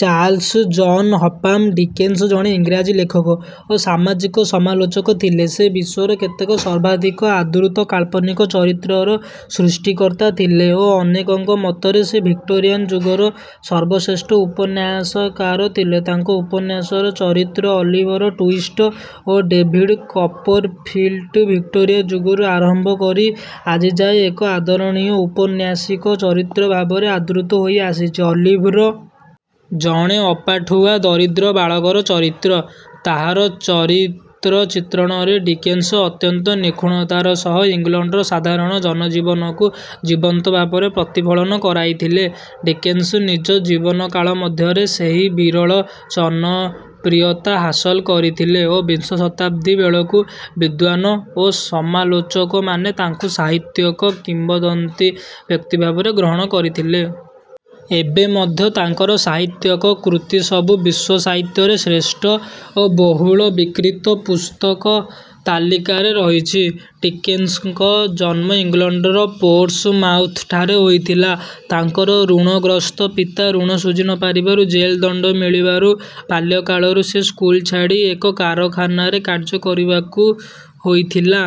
Charles John Huffam Dickens ଜଣେ ଇଂରାଜୀ ଲେଖକ ଓ ସାମାଜିକ ସମାଲୋଚକ ଥିଲେ। ସେ ବିଶ୍ୱର କେତେକ ସର୍ବାଧିକ ଆଦୃତ କାଳ୍ପନିକ ଚରିତ୍ରର ସୃଷ୍ଟିକର୍ତ୍ତା ଥିଲେ ଓ ଅନେକଙ୍କ ମତରେ ସେ ଭିକ୍ଟୋରିଆନ୍ ଯୁଗର ସର୍ବଶ୍ରେଷ୍ଠ ଉପନ୍ୟାସକାର ଥିଲେ। ତାଙ୍କ ଉପନ୍ୟାସର ଚରିତ୍ର ଅଲିଭର ଟ୍ୱିଷ୍ଟ ଓ ଡେଭିଡ୍ କପରଫିଲ୍ଡ ଭିକ୍ଟୋରିଆ ଯୁଗରୁ ଆରମ୍ଭ କରି ଆଜିଯାଏ ଏକ ଆଦରଣୀୟ ଔପନ୍ୟାସିକ ଚରିତ୍ର ଭାବରେ ଆଦୃତ ହୋଇଆସିଛି। ଅଲିଭର ଜଣେ ଅପାଠୁଆ ଦରିଦ୍ର ବାଳକର ଚରିତ୍ର। ତାହାର ଚରିତ୍ର ଚିତ୍ରଣରେ ଡିକେନ୍ସ ଅତ୍ୟନ୍ତ ନିଖୁଣତାର ସହ ଇଂଲଣ୍ଡର ସାଧାରଣ ଜନଜୀବନକୁ ଜୀବନ୍ତ ଭାବରେ ପ୍ରତିଫଳନ କରାଇଥିଲେ। ଡିକେନ୍ସ ନିଜ ଜୀବନକାଳ ମଧ୍ୟରେ ସେହି ବିରଳ ଜନପ୍ରିୟତା ହାସଲ କରିଥିଲେ ଓ ବିଂଶ ଶତାବ୍ଦୀ ବେଳକୁ ବିଦ୍ୱାନ ଓ ସମାଲୋଚକମାନେ ତାଙ୍କୁ ସାହିତ୍ୟିକ କିମ୍ବଦନ୍ତୀ ବ୍ୟକ୍ତି ଭାବରେ ଗ୍ରହଣ କରିଥିଲେ। ଏବେ ମଧ୍ୟ ତାଙ୍କର ସାହିତ୍ୟିକ କୃତିସବୁ ବିଶ୍ୱ ସାହିତ୍ୟରେ ଶ୍ରେଷ୍ଠ ଓ ବହୁଳ ବିକ୍ରୀତ ପୁସ୍ତକ ତାଲିକାରେ ରହିଛି। ଡିକେନ୍ସଙ୍କ ଜନ୍ମ ଇଂଲଣ୍ଡର ପୋର୍ଟ୍ସମାଉଥ୍‌ଠାରେ ହୋଇଥିଲା। ତାଙ୍କର ଋଣଗ୍ରସ୍ତ ପିତା ଋଣ ଶୁଝି ନ ପାରିବାରୁ ଜେଲ୍ ଦଣ୍ଡ ମିଳିବାରୁ, ବାଲ୍ୟକାଳରୁ ସେ ସ୍କୁଲ ଛାଡ଼ି ଏକ କାରଖାନାରେ କାର୍ଯ୍ୟ କରିବାକୁ ହୋଇଥିଲା।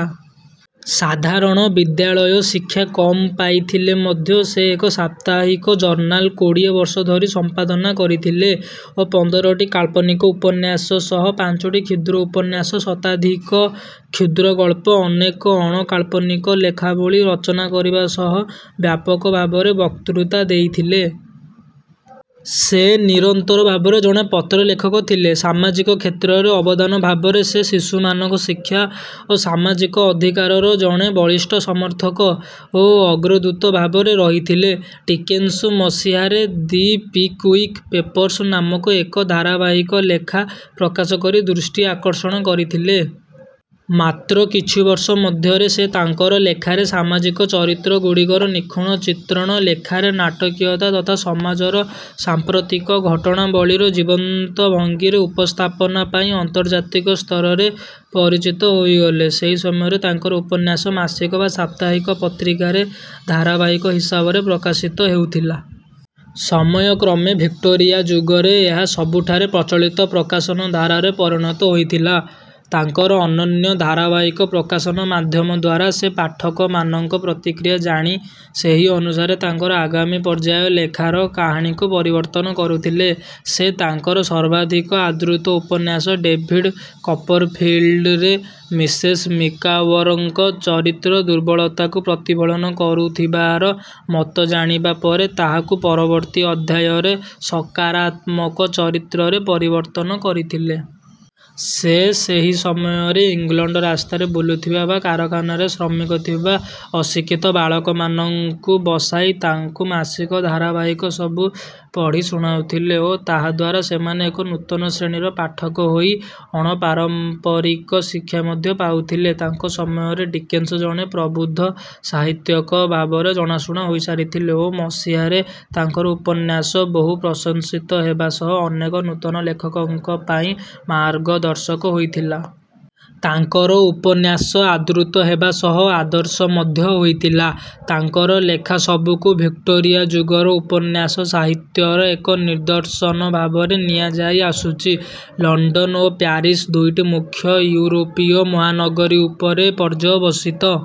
ସାଧାରଣ ବିଦ୍ୟାଳୟ ଶିକ୍ଷା କମ୍ ପାଇଥିଲେ ମଧ୍ୟ ସେ ଏକ ସାପ୍ତାହିକ ଜର୍ନାଲ୍ କୋଡ଼ିଏ ବର୍ଷ ଧରି ସମ୍ପାଦନା କରିଥିଲେ ଓ ପନ୍ଦରଟି କାଳ୍ପନିକ ଉପନ୍ୟାସ ସହ ପାଞ୍ଚଟି କ୍ଷୁଦ୍ର ଉପନ୍ୟାସ, ଶତାଧିକ କ୍ଷୁଦ୍ରଗଳ୍ପ, ଅନେକ ଅଣ-କାଳ୍ପନିକ ଲେଖାବଳୀ ରଚନା କରିବା ସହ ବ୍ୟାପକ ଭାବରେ ବକ୍ତୃତା ଦେଇଥିଲେ। ସେ ନିରନ୍ତର ଭାବରେ ଜଣେ ପତ୍ରଲେଖକ ଥିଲେ। ସାମାଜିକ କ୍ଷେତ୍ରରେ ଅବଦାନ ଭାବରେ ସେ ଶିଶୁମାନଙ୍କ ଶିକ୍ଷା ଓ ସାମାଜିକ ଅଧିକାରର ଜଣେ ବଳିଷ୍ଠ ସମର୍ଥକ ଓ ଅଗ୍ରଦୂତ ଭାବରେ ରହିଥିଲେ। ଡିକେନ୍ସ ମସିହାରେ ଦି ପିକ୍‌ୱିକ୍ ପେପର୍ସ ନାମକ ଏକ ଧାରାବାହିକ ଲେଖା ପ୍ରକାଶ କରି ଦୃଷ୍ଟି ଆକର୍ଷଣ କରିଥିଲେ। ମାତ୍ର କିଛି ବର୍ଷ ମଧ୍ୟରେ ସେ ତାଙ୍କର ଲେଖାରେ ସାମାଜିକ ଚରିତ୍ରଗୁଡ଼ିକର ନିଖୁଣ ଚିତ୍ରଣ, ଲେଖାରେ ନାଟକୀୟତା ତଥା ସମାଜର ସାଂପ୍ରତିକ ଘଟଣାବଳୀର ଜୀବନ୍ତ ଭଙ୍ଗୀରେ ଉପସ୍ଥାପନା ପାଇଁ ଅନ୍ତର୍ଜାତିକ ସ୍ତରରେ ପରିଚିତ ହୋଇଗଲେ। ସେହି ସମୟରେ ତାଙ୍କର ଉପନ୍ୟାସ ମାସିକ ବା ସାପ୍ତାହିକ ପତ୍ରିକାରେ ଧାରାବାହିକ ହିସାବରେ ପ୍ରକାଶିତ ହେଉଥିଲା। ସମୟକ୍ରମେ ଭିକ୍ଟୋରିଆ ଯୁଗରେ ଏହା ସବୁଠାରେ ପ୍ରଚଳିତ ପ୍ରକାଶନ ଧାରାରେ ପରିଣତ ହୋଇଥିଲା। ତାଙ୍କର ଅନନ୍ୟ ଧାରାବାହିକ ପ୍ରକାଶନ ମାଧ୍ୟମ ଦ୍ୱାରା ସେ ପାଠକମାନଙ୍କ ପ୍ରତିକ୍ରିୟା ଜାଣି ସେହି ଅନୁସାରେ ତାଙ୍କର ଆଗାମୀ ପର୍ଯ୍ୟାୟ ଲେଖାର କାହାଣୀକୁ ପରିବର୍ତ୍ତନ କରୁଥିଲେ। ସେ ତାଙ୍କର ସର୍ବାଧିକ ଆଦୃତ ଉପନ୍ୟାସ "ଡେଭିଡ୍ କପରଫିଲ୍ଡ"ରେ "ମିସେସ୍ ମିକାୱର"ଙ୍କ ଚରିତ୍ର ଦୁର୍ବଳତାକୁ ପ୍ରତିଫଳନ କରୁଥିବାର ମତ ଜାଣିବା ପରେ ତାହାକୁ ପରବର୍ତ୍ତୀ ଅଧ୍ୟାୟରେ ସକାରାତ୍ମକ ଚରିତ୍ରରେ ପରିବର୍ତ୍ତନ କରିଥିଲେ। ସେ ସେହି ସମୟରେ ଇଂଲଣ୍ଡ ରାସ୍ତାରେ ବୁଲୁଥିବା ବା କାରଖାନାରେ ଶ୍ରମିକ ଥିବା ଅଶିକ୍ଷିତ ବାଳକମାନଙ୍କୁ ବସାଇ ତାଙ୍କୁ ମାସିକ ଧାରାବାହିକ ସବୁ ପଢ଼ି ଶୁଣାଉଥିଲେ ଓ ତାହାଦ୍ୱାରା ସେମାନେ ଏକ ନୂତନ ଶ୍ରେଣୀର ପାଠକ ହୋଇ ଅଣପାରମ୍ପରିକ ଶିକ୍ଷା ମଧ୍ୟ ପାଉଥିଲେ। ତାଙ୍କ ସମୟରେ ଡିକେନ୍ସ ଜଣେ ପ୍ରବୁଦ୍ଧ ସାହିତ୍ୟିକ ଭାବରେ ଜଣାଶୁଣା ହୋଇସାରିଥିଲେ ଓ ମସିହାରେ ତାଙ୍କର ଉପନ୍ୟାସ ବହୁ ପ୍ରଶଂସିତ ହେବା ସହ ଅନେକ ନୂତନ ଲେଖକଙ୍କ ପାଇଁ ମାର୍ଗଦର୍ଶକ ହୋଇଥିଲା। ତାଙ୍କର ଉପନ୍ୟାସ ଆଦୃତ ହେବା ସହ ଆଦର୍ଶ ମଧ୍ୟ ହୋଇଥିଲା। ତାଙ୍କର ଲେଖାସବୁକୁ ଭିକ୍ଟୋରିଆ ଯୁଗର ଉପନ୍ୟାସ ସାହିତ୍ୟର ଏକ ନିଦର୍ଶନ ଭାବରେ ନିଆଯାଇଆସୁଛି। ଲଣ୍ଡନ ଓ ପ୍ୟାରିସ୍ ଦୁଇଟି ମୁଖ୍ୟ ୟୁରୋପୀୟ ମହାନଗରୀ ଉପରେ ପର୍ଯ୍ୟବସିତ..